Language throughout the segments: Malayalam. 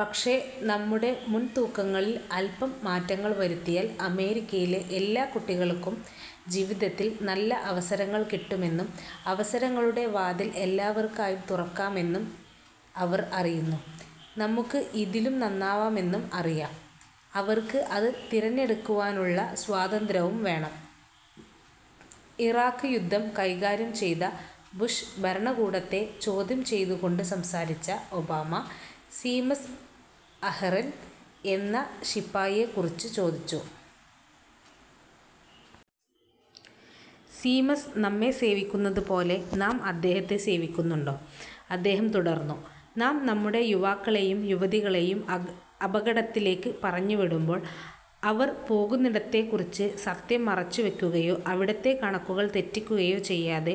പക്ഷേ നമ്മുടെ മുൻതൂക്കങ്ങളിൽ അല്പം മാറ്റങ്ങൾ വരുത്തിയാൽ അമേരിക്കയിലെ എല്ലാ കുട്ടികൾക്കും ജീവിതത്തിൽ നല്ല അവസരങ്ങൾ കിട്ടുമെന്നും അവസരങ്ങളുടെ വാതിൽ എല്ലാവർക്കായും തുറക്കാമെന്നും അവർ അറിയുന്നു. നമുക്ക് ഇതിലും നന്നാവാമെന്നും അറിയാം. അവർക്ക് അത് തിരഞ്ഞെടുക്കുവാനുള്ള സ്വാതന്ത്രവും വേണം. " ഇറാഖ് യുദ്ധം കൈകാര്യം ചെയ്ത ബുഷ് ഭരണകൂടത്തെ ചോദ്യം ചെയ്തുകൊണ്ട് സംസാരിച്ച ഒബാമ, സീമസ് അഹെർൻ എന്ന ശിപ്പായിയെക്കുറിച്ച് ചോദിച്ചു. "സീമസ് നമ്മെ സേവിക്കുന്നതുപോലെ നാം അദ്ദേഹത്തേ സേവിക്കുന്നുണ്ടോ? " അദ്ദേഹം തുടർന്നു: "നാം നമ്മുടെ യൂവാക്കളേയും യുവതികളേയും അപകടത്തിലേക്ക് പറഞ്ഞു വിടുമ്പോൾ, അവർ പോകുന്നിടത്തേക്കുറിച്ച് സത്യം മറച്ച് വയ്ക്കുകയോ അവിടത്തെ കണക്കുകൾ തെറ്റിക്കുകയോ ചെയ്യാതെ,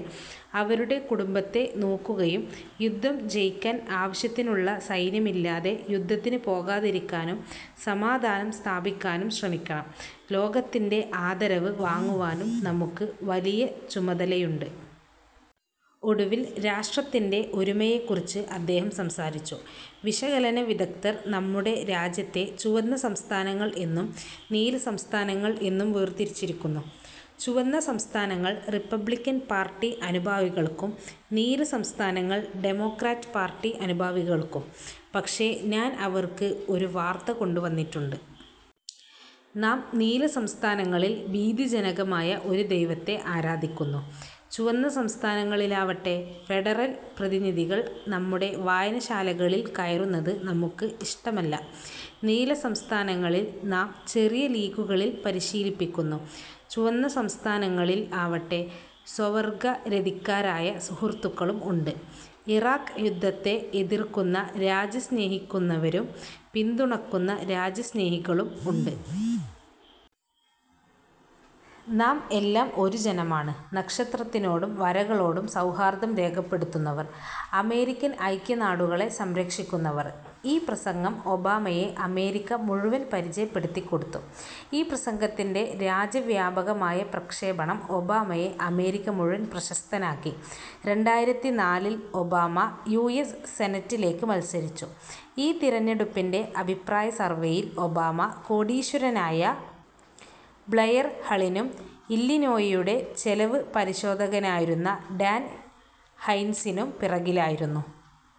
അവരുടെ കുടുംബത്തെ നോക്കുകയും, യുദ്ധം ജയിക്കാൻ ആവശ്യത്തിനുള്ള സൈന്യമില്ലാതെ യുദ്ധത്തിനു പോകാതിരിക്കാനും, സമാധാനം സ്ഥാപിക്കാനും ശ്രമിക്കണം, ലോകത്തിന്റെ ആദരവ് വാങ്ങുവാനും നമുക്ക് വലിയ ചുമതലയുണ്ട്. " ഒടുവിൽ രാഷ്ട്രത്തിന്റെ ഒരുമയെക്കുറിച്ച് അദ്ദേഹം സംസാരിച്ചു: വിശകലന വിദഗ്ദ്ധർ നമ്മുടെ രാജ്യത്തെ ചുവന്ന സംസ്ഥാനങ്ങൾ എന്നും നീല സംസ്ഥാനങ്ങൾ എന്ന് വേർതിരിച്ചിരിക്കുന്നു; ചുവന്ന സംസ്ഥാനങ്ങൾ റിപ്പബ്ലിക്കൻ പാർട്ടി അനുഭാവികൾക്കും, നീല സംസ്ഥാനങ്ങൾ ഡെമോക്രാറ്റ് പാർട്ടി അനുഭാവികൾക്കും. പക്ഷേ ഞാൻ അവർക്ക് ഒരു വാർത്ത കൊണ്ടുവന്നിട്ടുണ്ട്. നാം നീല സംസ്ഥാനങ്ങളിൽ ഭീതിജനകമായ ഒരു ദൈവത്തെ ആരാധിക്കുന്നു, ചുവന്ന സംസ്ഥാനങ്ങളിലാവട്ടെ ഫെഡറൽ പ്രതിനിധികൾ നമ്മുടെ വായനശാലകളിൽ കയറുന്നത് നമുക്ക് ഇഷ്ടമല്ല. നീല സംസ്ഥാനങ്ങളിൽ നാം ചെറിയ ലീഗുകളിൽ പരിശീലിപ്പിക്കുന്നു, ചുവന്ന സംസ്ഥാനങ്ങളിൽ ആവട്ടെ സ്വവർഗരതിക്കാരായ സുഹ്രുത്തുക്കളും ഉണ്ട്. ഇറാഖ് യുദ്ധത്തെ എതിർക്കുന്ന രാജ്യസ്നേഹിക്കുന്നവരും പിന്തുണക്കുന്ന രാജ്യസ്നേഹികളും ഉണ്ട്. നാം എല്ലാം ഒരു ജനമാണ്, നക്ഷത്രത്തിനോടും വരകളോടും സൗഹാർദം രേഖപ്പെടുത്തുന്നവർ, അമേരിക്കൻ ഐക്യനാടുകളെ സംരക്ഷിക്കുന്നവർ. ഈ പ്രസംഗം ഒബാമയെ അമേരിക്ക മുഴുവനും പരിചയപ്പെടുത്തിക്കൊടുത്തു. ഈ പ്രസംഗത്തിന്റെ രാജ്യവ്യാപകമായ പ്രക്ഷേപണം ഒബാമയെ അമേരിക്ക മുഴുവൻ പ്രശസ്തനാക്കി. " രണ്ടായിരത്തിനാലിൽ, ഒബാമ യു. എസ്. സെനറ്റിലേക്ക് മത്സരിച്ചു. ഈ തിരഞ്ഞെടുപ്പിന്റെ അഭിപ്രായ സർവേയിൽ ഒബാമ കോടീശ്വരനായ ബ്ലെയർ ഹളിനും ഇല്ലിനോയിയുടെ ചെലവ് പരിശോധകനായിരുന്ന ഡാൻ ഹൈൻസിനും പിറകിലായിരുന്നു.